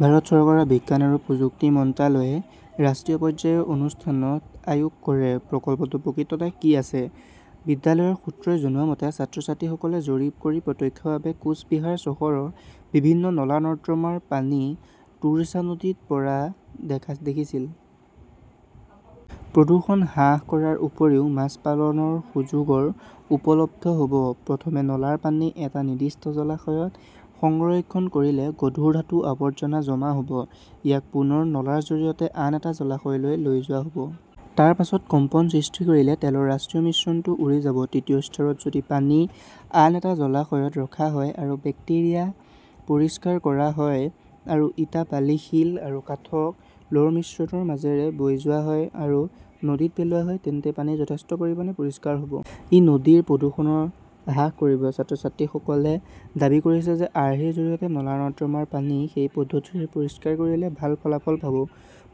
ভাৰত চৰকাৰৰ বিজ্ঞান আৰু প্ৰযুক্তি মন্ত্ৰালয়ে ৰাষ্ট্ৰীয় পৰ্যায়ৰ অনুষ্ঠানত আয়োগ কৰে। প্ৰকল্পটোত প্ৰকৃততে কি আছে? বিদ্যালয়ৰ সূত্ৰই জনোৱা মতে, ছাত্ৰ-ছাত্ৰীসকলে জৰীপ কৰি প্ৰত্যক্ষভাৱে কোচ বিহাৰ চহৰৰ বিভিন্ন নলা-নৰ্দমাৰ পানী তোৰছা নদীত পৰা দেখা দেখিছিল। প্ৰদূষণ হ্ৰাস কৰাৰ উপৰিও মাছ পালনৰ সুযোগও উপলব্ধ হ ব। প্ৰথমে নলাৰ পানী এটা নিৰ্দিষ্ট জলাশয়ত সংৰক্ষণ কৰিলে গধুৰ ধাতু, আৱৰ্জনা জমা হব। ইয়াক পুনৰ নলাৰ জৰিয়তে আন এটা জলাশয়লৈ লৈ যোৱা হব। তাৰ পাছত কম্পন সৃষ্টি কৰিলে তেলৰ ৰাষ্ট্ৰীয় মিশ্ৰণটো উৰি যাব। তৃতীয় স্তৰত যদি পানী আন এটা জলাশয়ত ৰখা হয় আৰু বেক্টেৰিয়া পৰিষ্কাৰ কৰা হয় আৰু ইটা, বালি, শিল আৰু কাঠক 'লৰ মিশ্ৰণৰ মাজেৰে বৈ যোৱা হয় আৰু নদীত পেলোৱা হয়, তেন্তে পানী যথেষ্ট পৰিমাণে পৰিষ্কাৰ হ' ব। ই নদীৰ প্ৰদূষণ হ্ৰাস কৰিব। ছাত্ৰ-ছাত্ৰীসকলে দাবী কৰিছে যে আৰ্হিৰ জৰিয়তে নলা-নৰ্দমাৰ পানী সেই পদ্ধতিৰে পৰিষ্কাৰ কৰিলে ভাল ফলাফল পাব।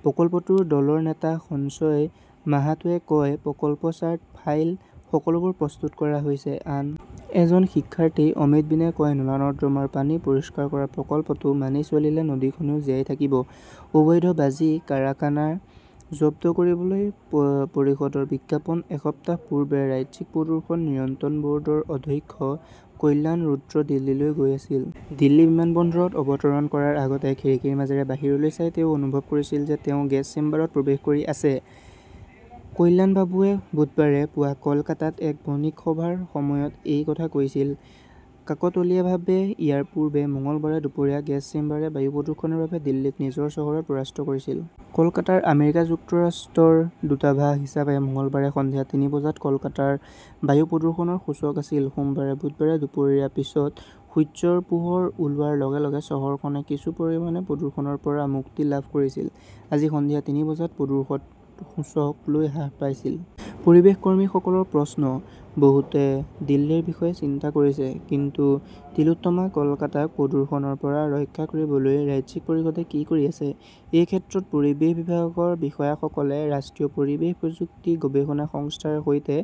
প্ৰকল্পটোৰ দলৰ নেতা সঞ্জয় মাহাতোৱে কয়, প্ৰকল্প চাৰ্ট, ফাইল সকলোবোৰ প্ৰস্তুত কৰা হৈছে। আন এজন শিক্ষাৰ্থী অমিত বিনে কয়, নলা-নৰ্দমাৰ পানী পৰিষ্কাৰ কৰা প্ৰকল্পটো মানি চলিলে নদীখনেও জীয়াই থাকিব। অবৈধ বাজি কাৰখানা জব্দ কৰিবলৈ প-পৰিষদৰ বিজ্ঞাপন এসপ্তাহ পূৰ্বে ৰাজ্যিক প্ৰদূষণ নিয়ন্ত্ৰণ বৰ্ডৰ অধ্যক্ষ কল্যাণ ৰুদ্ৰ দিল্লীলৈ গৈ আছিল। দিল্লী বিমানবন্দৰত অৱতৰণ কৰাৰ আগতে খিৰিকীৰ মাজেৰে বাহিৰলৈ চাই তেওঁ অনুভৱ কৰিছিল যে তেওঁ গেছ চেম্বাৰত প্ৰৱেশ কৰি আছে। কল্যাণবাবুৱে বুধবাৰে পুৱা কলকাতাত এক বণিক সভাৰ সময়ত এই কথা কৈছিল। কাকতালীয়ভাৱে, ইয়াৰ পূৰ্বে মঙলবাৰে দুপৰীয়া 'গেছ চেম্বাৰ -এ বায়ু প্ৰদূষণৰ বাবে দিল্লীক নিজৰ চহৰত পৰাস্ত কৰিছিল! কলকাতাৰ আমেৰিকা যুক্তৰাষ্ট্ৰৰ দূতাবাস হিচাপে মঙলবাৰে সন্ধিয়া তিনি বজাত কলকাতাৰ বায়ু প্ৰদূষণৰ সূচক আছিল। সোমবাৰে, বুধবাৰে দুপৰীয়াৰ পিছত সূৰ্যৰ পোহৰ ওলোৱাৰ লগে-লগে চহৰখনে কিছু পৰিমাণে প্ৰদূষণৰ পৰা মুক্তি লাভ কৰিছিল। আজি সন্ধিয়া তিনি বজাত প্ৰদূষণ সূচক লৈ হ্ৰাস পাইছিল। পৰিৱেশ কৰ্মীসকলৰ প্ৰশ্ন, বহুতে দিল্লীৰ বিষয়ে চিন্তা কৰিছে। কিন্তু টিলোত্তমা কলকাতাক প্ৰদূষণৰ পৰা ৰক্ষা কৰিবলৈ ৰাজ্যিক পৰিষদে কি কৰি আছে? এই ক্ষেত্ৰত পৰিৱেশ বিভাগৰ বিষয়াসকলে ৰাষ্ট্ৰীয় পৰিৱেশ প্ৰযুক্তি গৱেষণা সংস্থা ৰ সৈতে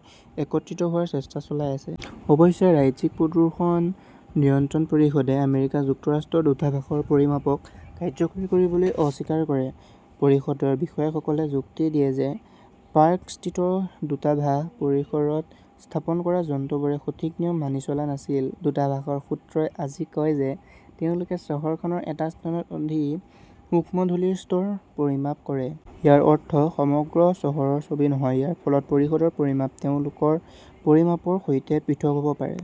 একত্ৰিত হোৱাৰ চেষ্টা চলাই আছে। অৱশ্যে, ৰাজ্যিক প্ৰদূষণ নিয়ন্ত্ৰণ পৰিষদে আমেৰিকা যুক্তৰাষ্ট্ৰৰ দূতাবাসৰ পৰিমাপক কাৰ্যকৰী কৰিবলৈ অস্বীকাৰ কৰে। পৰিষদৰ বিষয়াসকলে যুক্তি দিয়ে যে পাৰ্ক ষ্ট্ৰীটৰ দূতাবাস পৰিসৰত স্থাপন কৰা যন্ত্ৰবোৰে সঠিক নিয়ম মানি চলা নাছিল। দূতাবাসৰ সূত্ৰই আজি কয় যে তেওঁলোকে চহৰখনৰ এটা স্থানত অতি সূক্ষ্ম ধূলিৰ স্তৰ পৰিমাপ কৰে। ইয়াৰ অৰ্থ সমগ্ৰ চহৰৰ ছবি নহয়। ইয়াৰ ফলত পৰিষদৰ পৰিমাপ তেওঁলোকৰ পৰিমাপৰ সৈতে পৃথক হ 'ব পাৰে।